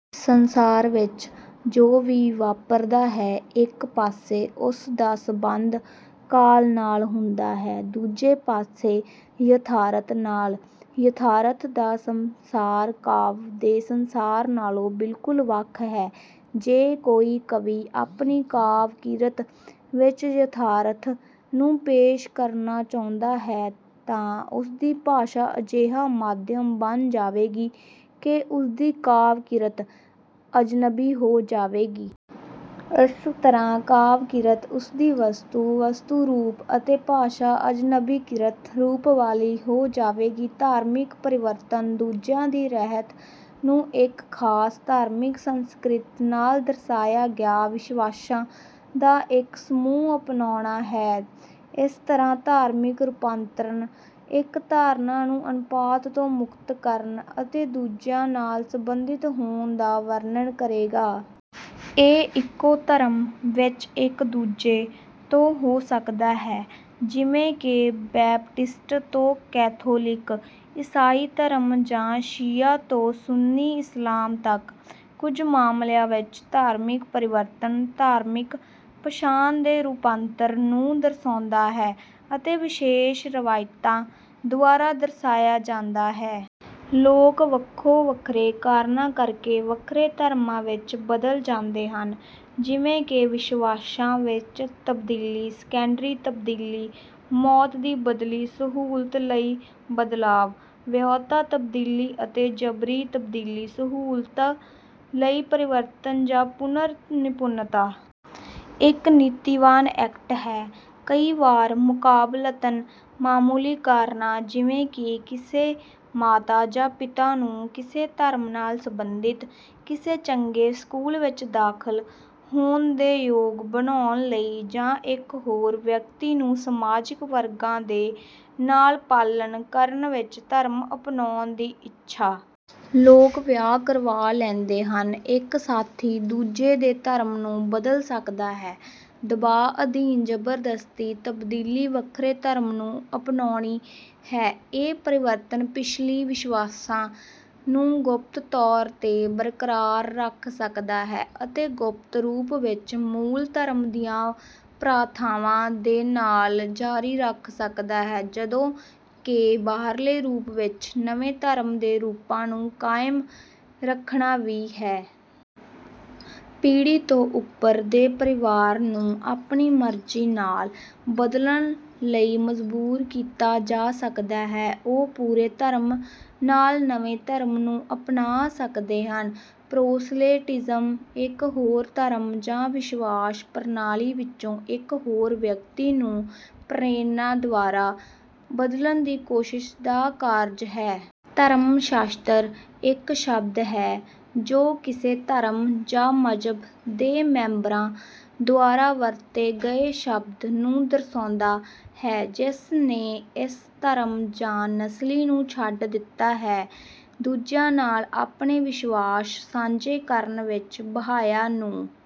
ਸੰਸਾਰ ਵਿੱਚ ਜੋ ਵੀ ਵਾਪਰਦਾ ਹੈ ਇਕ ਪਾਸੇ ਉਸ ਦਾ ਸੰਬੰਧ ਕਾਲ ਨਾਲ ਹੁੰਦਾ ਹੈ ਦੂਜੇ ਪਾਸੇ ਯਥਾਰਥ ਨਾਲ। ਯਥਾਰਥ ਦਾ ਸੰਸਾਰ ਕਾਵਿ ਦੇ ਸੰਸਾਰ ਨਾਲੋਂ ਬਿਲਕੁਲ ਵੱਖ ਹੈ। ਜੇ ਕੋਈ ਕਵੀ ਆਪਣੀ ਕਾਵਿ-ਕਿਰਤ ਵਿੱਚ ਯਥਾਰਥ ਨੂੰ ਪੇਸ਼ ਕਰਨਾ ਚਾਹੁੰਦਾ ਹੈ ਤਾਂ ਉਸਦੀ ਭਾਸ਼ਾ ਅਜਿਹਾ ਮਾਧਿਅਮ ਬਣ ਜਾਵੇਗੀ ਕਿ ਉਸਦੀ ਕਾਵਿ-ਕਿਰਤ ਅਜਨਬੀ ਹੋ ਜਾਵੇਗੀ। ਇਸ ਤਰ੍ਹਾਂ ਕਾਵਿ-ਕਿਰਤ ਉਸਦੀ ਵਸਤੂ, ਵਸਤੂ-ਰੂਪ ਅਤੇ ਭਾਸ਼ਾ ਅਜਨਬੀਕ੍ਰਿਤ ਰੂਪ ਵਾਲੀ ਹੋ ਜਾਵੇਗੀ। ਧਾਰਮਿਕ ਪਰਿਵਰਤਨ ਦੂਜਿਆਂ ਦੀ ਰਹਿਤ ਨੂੰ ਇੱਕ ਖਾਸ ਧਾਰਮਿਕ ਸੰਸਕ੍ਰਿਤ ਨਾਲ ਦਰਸਾਇਆ ਗਿਆ ਵਿਸ਼ਵਾਸਾਂ ਦਾ ਇੱਕ ਸਮੂਹ ਅਪਣਾਉਣਾ ਹੈ। ਇਸ ਤਰ੍ਹਾਂ "ਧਾਰਮਿਕ ਰੂਪਾਂਤਰਣ" ਇੱਕ ਧਾਰਨਾ ਨੂੰ ਅਨੁਪਾਤ ਤੋਂ ਮੁਕਤ ਕਰਨ ਅਤੇ ਦੂਜੀ ਨਾਲ ਸੰਬੰਧਿਤ ਹੋਣ ਦਾ ਵਰਣਨ ਕਰੇਗਾ। ਇਹ ਇੱਕੋ ਧਰਮ ਵਿੱਚ ਇੱਕ ਦੂਜੇ ਤੋਂ ਹੋ ਸਕਦਾ ਹੈ, ਜਿਵੇਂ ਕਿ ਬੈਪਟਿਸਟ ਤੋਂ ਕੈਥੋਲਿਕ ਈਸਾਈ ਧਰਮ ਜਾਂ ਸ਼ੀਆ ਤੋਂ ਸੁੰਨੀ ਇਸਲਾਮ ਤੱਕ। ਕੁਝ ਮਾਮਲਿਆਂ ਵਿੱਚ, ਧਾਰਮਿਕ ਪਰਿਵਰਤਨ "ਧਾਰਮਿਕ ਪਛਾਣ ਦੇ ਰੂਪਾਂਤਰ ਨੂੰ ਦਰਸਾਉਂਦਾ ਹੈ ਅਤੇ ਵਿਸ਼ੇਸ਼ ਰਵਾਇਤਾਂ ਦੁਆਰਾ ਦਰਸਾਇਆ ਜਾਂਦਾ ਹੈ"। ਲੋਕ ਵੱਖੋ-ਵੱਖਰੇ ਕਾਰਨਾਂ ਕਰਕੇ ਵੱਖਰੇ ਧਰਮਾਂ ਵਿੱਚ ਬਦਲ ਜਾਂਦੇ ਹਨ, ਜਿਵੇਂ ਕਿ ਵਿਸ਼ਵਾਸਾਂ ਵਿੱਚ ਤਬਦੀਲੀ, ਸੈਕੰਡਰੀ ਤਬਦੀਲੀ, ਮੌਤ ਦੀ ਬਦਲੀ, ਸਹੂਲਤ ਲਈ ਬਦਲਾਵ, ਵਿਆਹੁਤਾ ਤਬਦੀਲੀ ਅਤੇ ਜਬਰੀ ਤਬਦੀਲੀ। ਸਹੂਲਤ ਲਈ ਪਰਿਵਰਤਨ ਜਾਂ ਪੁਨਰ-ਨਿਪੁੰਨਤਾ ਇੱਕ ਨੀਤੀਵਾਨ ਐਕਟ ਹੈ, ਕਈ ਵਾਰੀ ਮੁਕਾਬਲਤਨ ਮਾਮੂਲੀ ਕਾਰਨਾਂ ਜਿਵੇਂ ਕਿ ਕਿਸੇ ਮਾਤਾ ਜਾਂ ਪਿਤਾ ਨੂੰ ਕਿਸੇ ਧਰਮ ਨਾਲ ਸਬੰਧਿਤ ਕਿਸੇ ਚੰਗੇ ਸਕੂਲ ਵਿੱਚ ਦਾਖ਼ਲ ਹੋਣ ਦੇ ਯੋਗ ਬਣਾਉਣ ਲਈ, ਜਾਂ ਇੱਕ ਹੋਰ ਵਿਅਕਤੀ ਨੂੰ ਸਮਾਜਿਕ ਵਰਗਾਂ ਦੇ ਨਾਲ ਪਾਲਣ ਕਰਨ ਵਿੱਚ ਧਰਮ ਅਪਣਾਉਣ ਦੀ ਇੱਛਾ। ਜਦੋਂ ਲੋਕ ਵਿਆਹ ਕਰਵਾ ਲੈਂਦੇ ਹਨ, ਇੱਕ ਸਾਥੀ ਦੂਜੇ ਦੇ ਧਰਮ ਨੂੰ ਬਦਲ ਸਕਦਾ ਹੈ। ਦਬਾਅ ਅਧੀਨ ਜ਼ਬਰਦਸਤੀ ਤਬਦੀਲੀ ਵੱਖਰੇ ਧਰਮ ਨੂੰ ਅਪਣਾਉਣੀ ਹੈ। ਇਹ ਪਰਿਵਰਤਨ ਪਿਛਲੀ ਵਿਸ਼ਵਾਸਾਂ ਨੂੰ ਗੁਪਤ ਤੌਰ ਤੇ ਬਰਕਰਾਰ ਰੱਖ ਸਕਦਾ ਹੈ ਅਤੇ ਗੁਪਤ ਰੂਪ ਵਿਚ, ਮੂਲ ਧਰਮ ਦੀਆਂ ਪ੍ਰਥਾਵਾਂ ਦੇ ਨਾਲ ਜਾਰੀ ਰੱਖ ਸਕਦਾ ਹੈ, ਜਦੋਂ ਕਿ ਬਾਹਰਲੇ ਰੂਪ ਵਿੱਚ ਨਵੇਂ ਧਰਮ ਦੇ ਰੂਪਾਂ ਨੂੰ ਕਾਇਮ ਰੱਖਣਾ ਵੀ ਹੈ। ਪੀੜ੍ਹੀ ਤੋਂ ਉਪਰ ਦੇ ਪਰਿਵਾਰ ਨੂੰ ਆਪਣੀ ਮਰਜ਼ੀ ਨਾਲ ਬਦਲਣ ਲਈ ਮਜਬੂਰ ਕੀਤਾ ਜਾ ਸਕਦਾ ਹੈ ਤਾਂ ਉਹ ਪੂਰੇ ਧਰਮ ਨਾਲ ਨਵੇਂ ਧਰਮ ਨੂੰ ਅਪਣਾ ਸਕਦੇ ਹਨ। ਪ੍ਰੋਸਲੇਟਿਜ਼ਮ ਇੱਕ ਹੋਰ ਧਰਮ ਜਾਂ ਵਿਸ਼ਵਾਸ ਪ੍ਰਣਾਲੀ ਵਿੱਚੋਂ ਇੱਕ ਹੋਰ ਵਿਅਕਤੀ ਨੂੰ ਪ੍ਰੇਰਣਾ ਦੁਆਰਾ ਬਦਲਣ ਦੀ ਕੋਸ਼ਿਸ਼ ਦਾ ਕਾਰਜ ਹੈ। ਧਰਮ-ਸ਼ਾਸਤਰ ਇੱਕ ਸ਼ਬਦ ਹੈ ਜੋ ਕਿਸੇ ਧਰਮ ਜਾਂ ਮਜ੍ਹਬ ਦੇ ਮੈਂਬਰਾਂ ਦੁਆਰਾ ਵਰਤੇ ਗਏ ਸ਼ਬਦ ਨੂੰ ਦਰਸਾਉਂਦਾ ਹੈ ਜਿਸ ਨੇ ਇਸ ਧਰਮ ਜਾਂ ਨਸਲੀ ਨੂੰ ਛੱਡ ਦਿੱਤਾ ਹੈ। ਦੂਜਿਆਂ ਨਾਲ ਆਪਣੇ ਵਿਸ਼ਵਾਸ ਸਾਂਝੇ ਕਰਨ ਵਿੱਚ, ਬਹਾਇਆਂ ਨੂੰ